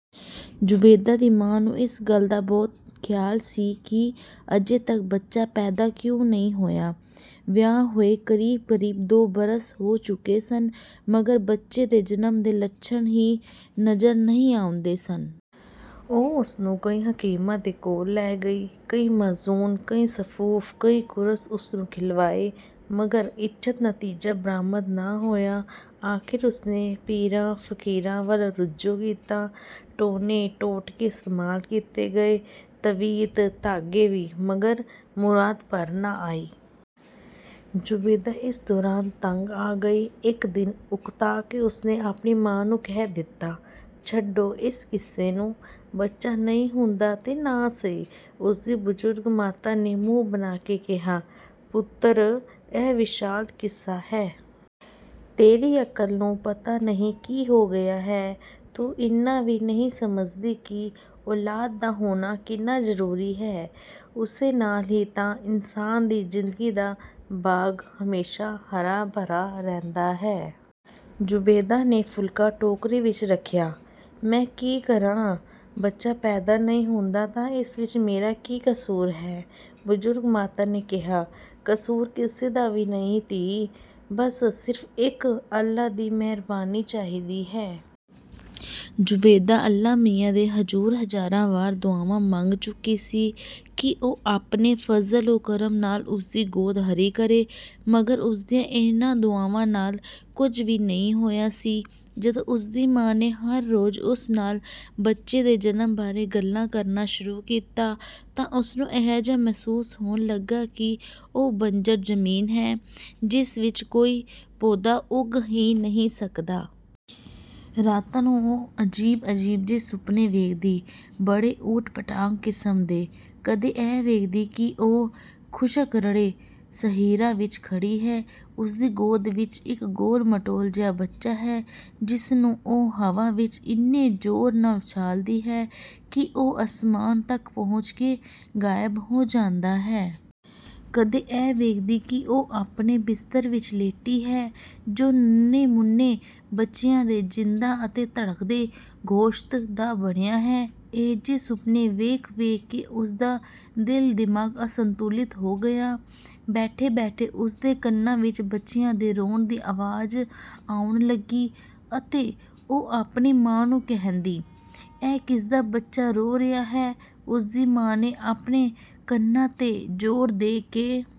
ਜ਼ੁਬੈਦਾ ਦੀ ਮਾਂ ਨੂੰ ਇਸ ਗੱਲ ਦਾ ਬਹੁਤ ਖ਼ਿਆਲ ਸੀ ਕਿ ਅਜੇ ਤੱਕ ਬੱਚਾ ਪੈਦਾ ਕਿਉਂ ਨਹੀਂ ਹੋਇਆ। ਵਿਆਹ ਹੋਏ ਕਰੀਬ-ਕਰੀਬ ਦੋ ਬਰਸ ਹੋ ਚੁੱਕੇ ਸਨ, ਮਗਰ ਬੱਚੇ ਦੇ ਜਨਮ ਦੇ ਲੱਛਣ ਹੀ ਨਜ਼ਰ ਨਹੀਂ ਆਉਂਦੇ ਸਨ। ਉਹ ਉਸਨੂੰ ਕਈ ਹਕੀਮਾਂ ਦੇ ਕੋਲ ਲੈ ਗਈ। ਕਈ ਮਾਜੂਨ, ਕਈ ਸਫੂਫ਼, ਕਈ ਕੁਰਸ ਉਹਨੂੰ ਖਿਲਵਾਏ, ਮਗਰ ਇੱਛਤ ਨਤੀਜਾ ਬਰਾਮਦ ਨਾ ਹੋਇਆ। ਆਖ਼ਰ ਉਸਨੇ ਪੀਰਾਂ-ਫ਼ਕੀਰਾਂ ਵੱਲ ਰੁਜੂ ਕੀਤਾ। ਟੂਣੇ-ਟੋਟਕੇ ਇਸਤੇਮਾਲ ਕੀਤੇ ਗਏ, ਤਵੀਤ, ਧਾਗੇ ਵੀ, ਮਗਰ ਮੁਰਾਦ ਬਰ ਨਾ ਆਈ। ਜ਼ੁਬੈਦਾ ਇਸ ਦੌਰਾਨ ਤੰਗ ਆ ਗਈ। ਇੱਕ ਦਿਨ ਉਕਤਾ ਕੇ ਉਸਨੇ ਆਪਣੀ ਮਾਂ ਨੂੰ ਕਹਿ ਦਿੱਤਾ, "ਛੱਡੋ ਇਸ ਕਿੱਸੇ ਨੂੰ, ਬੱਚਾ ਨਹੀਂ ਹੁੰਦਾ ਤਾਂ ਨਾ ਸਹੀ।" ਉਸਦੀ ਬਜ਼ੁਰਗ ਮਾਤਾ ਨੇ ਮੂੰਹ ਬਨਾ ਕੇ ਕਿਹਾ, "ਪੁੱਤਰ, ਇਹ ਵਿਸ਼ਾਲ ਕਿੱਸਾ ਹੈ। ਤੇਰੀ ਅਕਲ ਨੂੰ ਪਤਾ ਨਹੀਂ ਕੀ ਹੋ ਗਿਆ ਹੈ। ਤੂੰ ਇੰਨਾ ਵੀ ਨਹੀਂ ਸਮਝਦੀ ਕਿ ਔਲਾਦ ਦਾ ਹੋਣਾ ਕਿੰਨਾ ਜ਼ਰੂਰੀ ਹੈ। ਉਸੇ ਨਾਲ਼ ਹੀ ਤਾਂ ਇਨਸਾਨ ਦੀ ਜ਼ਿੰਦਗੀ ਦਾ ਬਾਗ਼ ਹਮੇਸ਼ਾ ਹਰਾ-ਭਰਾ ਰਹਿੰਦਾ ਹੈ।" ਜ਼ੁਬੈਦਾ ਨੇ ਫੁਲਕਾ ਟੋਕਰੀ ਵਿੱਚ ਰੱਖਿਆ, "ਮੈਂ ਕੀ ਕਰਾਂ। ਬੱਚਾ ਪੈਦਾ ਨਹੀਂ ਹੁੰਦਾ ਤਾਂ ਇਸ ਵਿੱਚ ਮੇਰਾ ਕੀ ਕਸੂਰ ਹੈ।" ਬਜ਼ੁਰਗ ਮਾਤਾ ਨੇ ਕਿਹਾ, "ਕਸੂਰ ਕਿਸੇ ਦਾ ਵੀ ਨਹੀਂ ਧੀ। ਬਸ ਸਿਰਫ਼ ਇੱਕ ਅੱਲ੍ਹਾ ਦੀ ਮਿਹਰਬਾਨੀ ਚਾਹੀਦੀ ਹੈ।" ਜ਼ੁਬੈਦਾ ਅੱਲ੍ਹਾ ਮੀਆਂ ਦੇ ਹੁਜ਼ੂਰ ਹਜ਼ਾਰਾਂ ਵਾਰ ਦੁਆਵਾਂ ਮੰਗ ਚੁੱਕੀ ਸੀ ਕਿ ਉਹ ਆਪਣੇ ਫਜ਼ਲ-ਓ-ਕਰਮ ਨਾਲ਼ ਉਸਦੀ ਗੋਦ ਹਰੀ ਕਰੇ, ਮਗਰ ਉਸਦੀਆਂ ਇਨ੍ਹਾਂ ਦੁਆਵਾਂ ਨਾਲ਼ ਕੁਝ ਵੀ ਨਹੀਂ ਹੋਇਆ ਸੀ। ਜਦੋਂ ਉਸਦੀ ਮਾਂ ਨੇ ਹਰ ਰੋਜ਼ ਉਸ ਨਾਲ਼ ਬੱਚੇ ਦੇ ਜਨਮ ਬਾਰੇ ਗੱਲਾਂ ਕਰਨਾ ਸ਼ੁਰੂ ਕੀਤਾ, ਤਾਂ ਉਹਨੂੰ ਅਜਿਹਾ ਮਹਿਸੂਸ ਹੋਣ ਲੱਗਾ ਕਿ ਉਹ ਬੰਜਰ ਜ਼ਮੀਨ ਹੈ, ਜਿਸ ਵਿੱਚ ਕੋਈ ਪੌਦਾ ਉੱਗ ਹੀ ਨਹੀਂ ਸਕਦਾ। ਰਾਤਾਂ ਨੂੰ ਉਹ ਅਜੀਬ-ਅਜੀਬ ਜਿਹੇ ਸੁਪਨੇ ਵੇਖਦੀ। ਬੜੇ ਊਟਪਟਾਂਗ ਕਿਸਮ ਦੇ। ਕਦੇ ਇਹ ਵੇਖਦੀ ਕਿ ਉਹ ਖੁਸ਼ਕ-ਰੜੇ ਸਹਿਰਾ ਵਿੱਚ ਖੜੀ ਹੈ। ਉਸਦੀ ਗੋਦ ਵਿੱਚ ਇੱਕ ਗੋਲ-ਮਟੋਲ ਜਿਹਾ ਬੱਚਾ ਹੈ, ਜਿਸ ਨੂੰ ਉਹ ਹਵਾ ਵਿੱਚ ਇੰਨੇ ਜ਼ੋਰ ਨਾਲ਼ ਉਛਾਲਦੀ ਹੈ ਕਿ ਉਹ ਅਸਮਾਨ ਤੱਕ ਪਹੁੰਚ ਕੇ ਗ਼ਾਇਬ ਹੋ ਜਾਂਦਾ ਹੈ। ਕਦੇ ਇਹ ਵੇਖਦੀ ਕਿ ਉਹ ਆਪਣੇ ਬਿਸਤਰ ਵਿੱਚ ਲੇਟੀ ਹੈ ਜੋ ਨੰਨ੍ਹੇ-ਮੁੰਨੇ ਬੱਚਿਆਂ ਦੇ ਜ਼ਿੰਦਾ ਅਤੇ ਧੜਕਦੇ ਗੋਸ਼ਤ ਦਾ ਬਣਿਆ ਹੈ। ਅਜਿਹੇ ਸੁਪਨੇ ਵੇਖ-ਵੇਖ ਕੇ ਉਸਦਾ ਦਿਲ-ਦਿਮਾਗ਼ ਅਸੰਤੁਲਿਤ ਹੋ ਗਿਆ। ਬੈਠੇ-ਬੈਠੇ ਉਸਦੇ ਕੰਨਾਂ ਵਿੱਚ ਬੱਚਿਆਂ ਦੇ ਰੋਣ ਦੀ ਆਵਾਜ਼ ਆਉਣ ਲੱਗੀ, ਅਤੇ ਉਹ ਆਪਣੀ ਮਾਂ ਨੂੰ ਕਹਿੰਦੀ, "ਇਹ ਕਿਸਦਾ ਬੱਚਾ ਰੋ ਰਿਹਾ ਹੈ?" ਉਸਦੀ ਮਾਂ ਨੇ ਆਪਣੇ ਕੰਨਾਂ ਤੇ ਜ਼ੋਰ ਦੇ ਕੇ